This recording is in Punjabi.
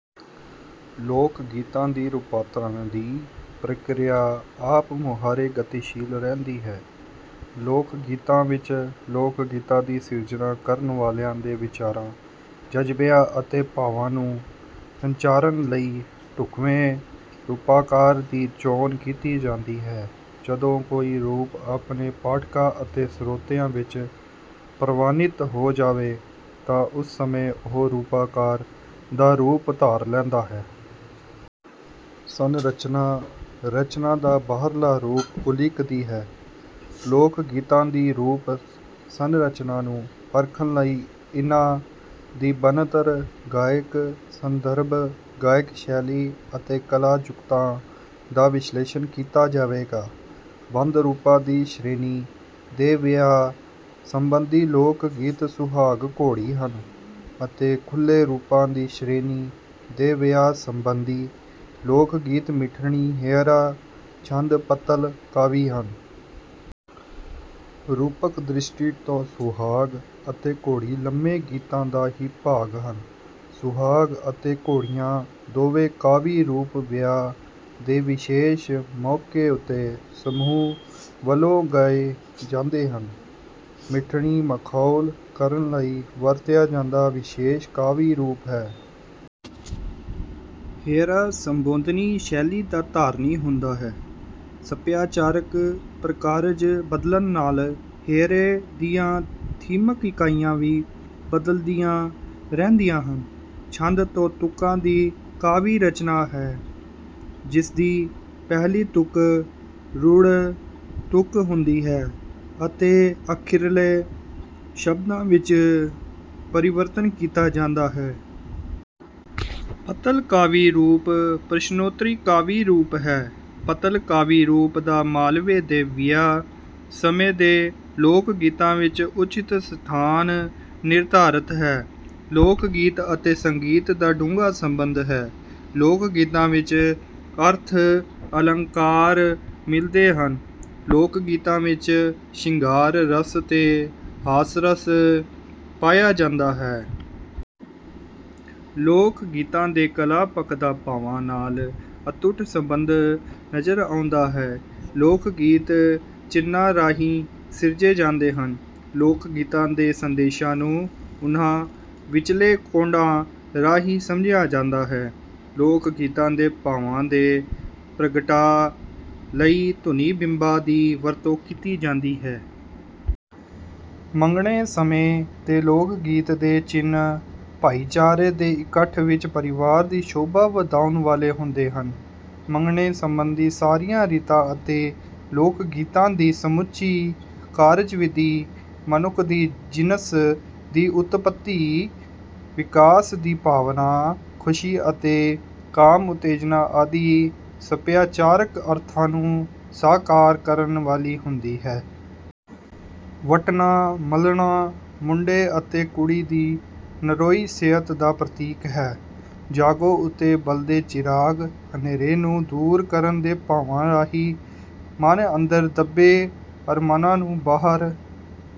ਲੋਕਗੀਤਾਂ ਦੀ ਰੂਪਾਂਤਰਨ ਦੀ ਪ੍ਰਕਿਰਿਆ ਆਪ-ਮੁਹਾਰੇ ਗਤੀਸ਼ੀਲ ਰਹਿੰਦੀ ਹੈ। ਲੋਕਗੀਤਾਂ ਵਿੱਚ ਲੋਕਗੀਤਾਂ ਦੀ ਸਿਰਜਣਾ ਕਰਨ ਵਾਲਿਆਂ ਦੇ ਵਿਚਾਰਾਂ, ਜਜ਼ਬਿਆਂ ਅਤੇ ਭਾਵਾਂ ਨੂੰ ਸੰਚਾਰਨ ਲਈ ਢੁੱਕਵੇਂ ਰੂਪਾਕਾਰ ਦੀ ਚੋਣ ਕੀਤੀ ਜਾਂਦੀ ਹੈ। ਜਦੋਂ ਕੋਈ ਰੂਪ ਆਪਣੇ ਪਾਠਕਾਂ ਅਤੇ ਸਰੋਤਿਆਂ ਵਿੱਚ ਪ੍ਰਵਾਨਿਤ ਹੋ ਜਾਵੇ, ਤਾਂ ਉਸ ਸਮੇਂ ਉਹ ਰੂਪਾਕਾਰ ਦਾ ਰੂਪ ਧਾਰ ਲੈਂਦਾ ਹੈ। ਸੰਰਚਨਾ ਰਚਨਾ ਦਾ ਬਾਹਰਲਾ ਰੂਪ ਉਲੀਕਦੀ ਹੈ। ਲੋਕਗੀਤਾਂ ਦੀ ਰੂਪ-ਸੰਰਚਨਾ ਨੂੰ ਪਰਖਣ ਲਈ ਇਨ੍ਹਾਂ ਦੀ ਬਣਤਰ, ਗਾਇਨ-ਸੰਦਰਭ, ਗਾਇਨ-ਸ਼ੈਲੀ ਅਤੇ ਕਲਾ-ਜੁਗਤਾਂ ਦਾ ਵਿਸ਼ਲੇਸ਼ਣ ਕੀਤਾ ਜਾਵੇਗਾ। ਬੰਦ ਰੂਪਾਂ ਦੀ ਸ਼੍ਰੇਣੀ ਦੇ ਵਿਆਹ ਸਬੰਧੀ ਲੋਕਗੀਤ ਸੁਹਾਗ-ਘੋੜੀ ਹਨ, ਅਤੇ ਖੁੱਲ੍ਹੇ ਰੂਪਾਂ ਦੀ ਸ਼੍ਰੇਣੀ ਦੇ ਵਿਆਹ ਸੰਬੰਧੀ ਲੋਕਗੀਤ ਸਿੱਠਣੀ, ਹੇਅਰਾ, ਛੰਦ, ਪੱਤਲ ਕਾਵਿ ਹਨ। ਰੂਪਕ-ਦ੍ਰਿਸ਼ਟੀ ਤੋਂ ਸੁਹਾਗ ਅਤੇ ਘੋੜੀ ਲੰਮੇ ਗੀਤਾਂ ਦਾ ਹੀ ਭਾਗ ਹਨ। ਸੁਹਾਗ ਅਤੇ ਘੋੜੀਆਂ ਦੋਵੇਂ ਕਾਵਿ-ਰੂਪ ਵਿਆਹ ਦੇ ਵਿਸ਼ੇਸ਼ ਮੌਕੇ ਉੱਤੇ ਸਮੂਹ ਵੱਲੋਂ ਗਾਏ ਜਾਂਦੇ ਹਨ। ਮਿ ਠਣੀ ਮਖੌਲ ਕਰਨ ਲਈ ਵਰਤਿਆ ਜਾਂਦਾ ਵਿਸ਼ੇਸ਼ ਕਾਵਿ-ਰੂਪ ਹੈ। ਹੇਅਰਾ ਸੰਬੋਧਨੀ ਸ਼ੈਲੀ ਦਾ ਧਾਰਨੀ ਹੁੰਦਾ ਹੈ। ਸੱਭਿਆਚਾਰਕ ਪ੍ਰਕਾਰਜ ਬਦਲਣ ਨਾਲ ਹੇਅਰੇ ਦੀਆਂ ਥੀਮਕ ਇਕਾਈਆਂ ਵੀ ਬਦਲਦੀਆਂ ਰਹਿੰਦੀਆਂ ਹਨ। ਛੰਦ ਦੋ ਤੁਕਾਂ ਦੀ ਕਾਵਿ-ਰਚਨਾ ਹੈ, ਜਿਸਦੀ ਪਹਿਲੀ ਤੁਕ ਰੂੜ੍ਹ ਤੁਕ ਹੁੰਦੀ ਹੈ ਅਤੇ ਅਖਰੀਲੇ ਸ਼ਬਦਾਂ ਵਿੱਚ ਪਰਿਵਰਤਨ ਕੀਤਾ ਜਾਂਦਾ ਹੈ। ਪੱਤਲ ਕਾਵਿ-ਰੂਪ ਪ੍ਰਸ਼ਨੋਤਰੀ ਕਾਵਿ-ਰੂਪ ਹੈ। ਪੱਤਲ ਕਾਵਿ-ਰੂਪ ਦਾ ਮਾਲਵੇ ਦੇ ਵਿਆਹ ਸਮੇਂ ਦੇ ਲੋਕਗੀਤਾਂ ਵਿੱਚ ਉਚਿਤ ਸਥਾਨ ਨਿਰਧਾਰਤ ਹੈ। ਲੋਕਗੀਤ ਅਤੇ ਸੰਗੀਤ ਦਾ ਡੂੰਘਾ ਸੰਬੰਧ ਹੈ। ਲੋਕਗੀਤਾਂ ਵਿੱਚ ਅਰਥ-ਅਲੰਕਾਰ ਮਿਲਦੇ ਹਨ। ਲੋਕਗੀਤਾਂ ਵਿੱਚ ਸ਼ਿੰਗਾਰ ਰਸ ਤੇ ਹਾਸਰਸ ਪਾਇਆ ਜਾਂਦਾ ਹੈ। ਲੋਕਗੀਤਾਂ ਦੇ ਕਲਾ-ਪੱਖ ਦਾ ਭਾਵਾਂ ਨਾਲ ਅਤੁੱਟ ਸੰਬੰਧ ਨਜ਼ਰ ਆਉਂਦਾ ਹੈ। ਲੋਕਗੀਤ ਚਿੰਨ੍ਹਾਂ ਰਾਹੀਂ ਸਿਰਜੇ ਜਾਂਦੇ ਹਨ। ਲੋਕਗੀਤਾਂ ਦੇ ਸੰਦੇਸ਼ਾਂ ਨੂੰ ਉਨ੍ਹਾਂ ਵਿਚਲੇ ਕੋਡਾਂ ਰਾਹੀਂ ਸਮਝਿਆ ਜਾਂਦਾ ਹੈ। ਲੋਕਗੀਤਾਂ ਦੇ ਭਾਵਾਂ ਦੇ ਪ੍ਰਗਟਾਅ ਲਈ ਧੁਨੀ-ਬਿੰਬਾਂ ਦੀ ਵਰਤੋਂ ਕੀਤੀ ਜਾਂਦੀ ਹੈ। ਮੰਗਣੇ ਸਮੇਂ ਦੇ ਲੋਕਗੀਤ ਦੇ ਚਿੰਨ੍ਹ ਭਾਈਚਾਰੇ ਦੇ ਇਕੱਠ ਵਿੱਚ ਪਰਿਵਾਰ ਦੀ ਸ਼ੋਭਾ ਵਧਾਉਣ ਵਾਲੇ ਹੁੰਦੇ ਹਨ। ਮੰਗਣੇ ਸੰਬੰਧੀ ਸਾਰੀਆਂ ਰੀਤਾਂ ਅਤੇ ਲੋਕਗੀਤਾਂ ਦੀ ਸਮੁੱਚੀ ਕਾਰਜਵਿਧੀ ਮਨੁੱਖ ਦੀ ਜਿਣਸ ਦੀ ਉਤਪਤੀ, ਵਿਕਾਸ ਦੀ ਭਾਵਨਾ, ਖੁਸ਼ੀ ਅਤੇ ਕਾਮ-ਉਤੇਜਨਾ ਆਦਿ ਸਭਿਆਚਾਰਕ ਅਰਥਾਂ ਨੂੰ ਸਾਕਾਰ ਕਰਨ ਵਾਲੀ ਹੁੰਦੀ ਹੈ। ਵਟਣਾ-ਮਲਣਾ ਮੁੰਡੇ ਅਤੇ ਕੁੜੀ ਦੀ ਨਰੋਈ ਸਿਹਤ ਦਾ ਪ੍ਰਤੀਕ ਹੈ। ਜਾਗੋ ਉੱਤੇ ਬਲਦੇ ਚਿਰਾਗ ਹਨੇਰੇ ਨੂੰ ਦੂਰ ਕਰਨ ਦੇ ਭਾਵਾਂ ਰਾਹੀਂ ਮਨ ਅੰਦਰ ਦੱਬੇ ਅਰਮਾਨਾਂ ਨੂੰ ਬਾਹਰ